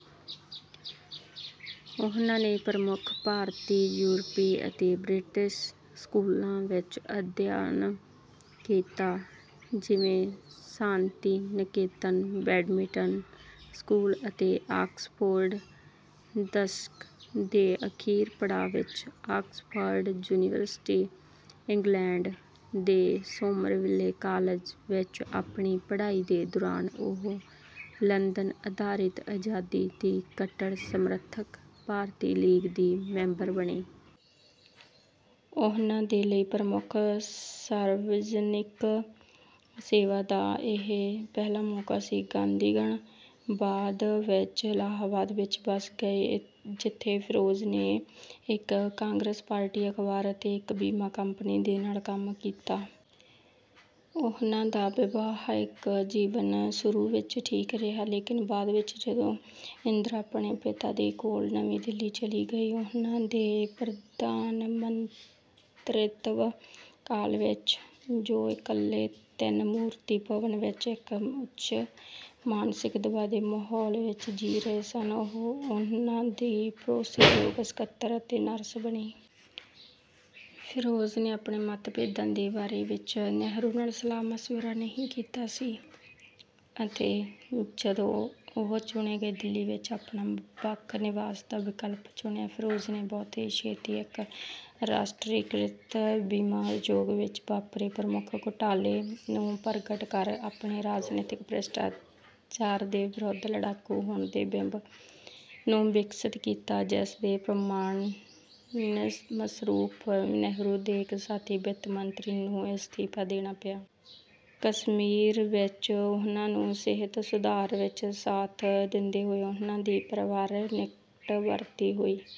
ਉਨ੍ਹਾਂ ਨੇ ਪ੍ਰਮੁੱਖ ਭਾਰਤੀ, ਯੂਰਪੀ ਅਤੇ ਬ੍ਰਿਟਿਸ਼ ਸਕੂਲਾਂ ਵਿੱਚ ਅਧਿਅਨ ਕੀਤਾ, ਜਿਵੇਂ ਸ਼ਾਂਤੀਨਿਕੇਤਨ, ਬੈਡਮਿੰਟਨ ਸਕੂਲ ਅਤੇ ਆਕਸਫੋਰਡ। ਦਸ਼ਕ ਦੇ ਅਖੀਰ ਪੜਾਅ ਵਿੱਚ ਆਕਸਫਰਡ ਯੂਨੀਵਰਸਿਟੀ, ਇੰਗਲੈਂਡ ਦੇ ਸੋਮਰਵਿੱਲੇ ਕਾਲਜ ਵਿੱਚ ਆਪਣੀ ਪੜਾਈ ਦੇ ਦੌਰਾਨ ਉਹ ਲੰਦਨ ਆਧਾਰਿਤ ਆਜ਼ਾਦੀ ਦੀ ਕੱਟੜ ਸਮਰਥਕ ਭਾਰਤੀ ਲੀਗ ਦੀ ਮੈਂਬਰ ਬਣੀ। ਉਨ੍ਹਾਂ ਦੇ ਲਈ ਪ੍ਰਮੁੱਖ ਸਾਰਵਜਨਿਕ ਸੇਵਾ ਦਾ ਇਹ ਪਹਿਲਾ ਮੌਕਾ ਸੀ। ਗਾਂਧੀਗਣ ਬਾਅਦ ਵਿੱਚ ਇਲਾਹਾਬਾਦ ਵਿੱਚ ਬਸ ਗਏ, ਜਿੱਥੇ ਫਿਰੋਜ ਨੇ ਇੱਕ ਕਾਂਗਰਸ ਪਾਰਟੀ ਅਖਬਾਰ ਅਤੇ ਇੱਕ ਬੀਮਾ ਕੰਪਨੀ ਦੇ ਨਾਲ ਕੰਮ ਕੀਤਾ। ਉਨ੍ਹਾਂ ਦਾ ਵਿਵਾਹਿਕ ਜੀਵਨ ਸ਼ੁਰੂ ਵਿੱਚ ਠੀਕ ਰਿਹਾ, ਲੇਕਿਨ ਬਾਅਦ ਵਿੱਚ ਜਦੋਂ ਇੰਦਰਾ ਆਪਣੇ ਪਿਤਾ ਦੇ ਕੋਲ ਨਵੀਂ ਦਿੱਲੀ ਚੱਲੀ ਗਈ, ਉਨ੍ਹਾਂ ਦੇ ਪ੍ਰਧਾਨਮੰਤਰਿਤਵ ਕਾਲ ਵਿੱਚ ਜੋ ਇਕੱਲੇ ਤਿੰਨ ਮੂਰਤੀ ਭਵਨ ਵਿੱਚ ਇੱਕ ਉੱਚ ਮਾਨਸਿਕ ਦਬਾਅ ਦੇ ਮਾਹੌਲ ਵਿੱਚ ਜੀ ਰਹੇ ਸਨ, ਉਹ ਉਨ੍ਹਾਂ ਦੀ ਭਰੋਸੇ ਯੋਗ, ਸਕੱਤਰ ਅਤੇ ਨਰਸ ਬਣੀ। ਫਿਰੋਜ ਨੇ ਆਪਣੇ ਮੱਤਭੇਦਾਂ ਦੇ ਬਾਰੇ ਵਿੱਚ ਨਹਿਰੂ ਨਾਲ ਸਲਾਹ ਮਸ਼ਵਿਰਾ ਨਹੀ ਕੀਤਾ ਸੀ, ਅਤੇ ਜਦੋਂ ਉਹ ਚੁਣੇ ਗਏ, ਦਿੱਲੀ ਵਿੱਚ ਆਪਣਾ ਵੱਖ ਨਿਵਾਸ ਦਾ ਵਿਕਲਪ ਚੁਣਿਆ। ਫਿਰੋਜ ਨੇ ਬਹੁਤ ਹੀ ਛੇਤੀ ਇੱਕ ਰਾਸ਼ਟਰੀਕ੍ਰਿਤ ਬੀਮਾ ਉਦਯੋਗ ਵਿੱਚ ਵਾਪਰੇ ਪ੍ਰਮੁੱਖ ਘੋਟਾਲੇ ਨੂੰ ਪਰਗਟ ਕਰ ਆਪਣੇ ਰਾਜਨੀਤਕ ਭ੍ਰਿਸ਼ਟਾਚਾਰ ਦੇ ਵਿਰੁੱਧ ਲੜਾਕੂ ਹੋਣ ਦੇ ਬਿੰਬ ਨੂੰ ਵਿਕਸਿਤ ਕੀਤਾ, ਜਿਸਦੇ ਪਰਿਣਾਮਸਰੂਪ ਨਹਿਰੂ ਦੇ ਇੱਕ ਸਾਥੀ, ਵਿੱਤ ਮੰਤਰੀ, ਨੂੰ ਇਸਤੀਫਾ ਦੇਣਾ ਪਿਆ। ਕਸ਼ਮੀਰ ਵਿੱਚ ਉਨ੍ਹਾਂ ਨੂੰ ਸਿਹਤ ਸੁਧਾਰ ਵਿੱਚ ਸਾਥ ਦਿੰਦੇ ਹੋਏ ਉਨ੍ਹਾਂ ਦੀ ਪਰਵਾਰ ਨਿਕਟਵਰਤੀ ਹੋਈ।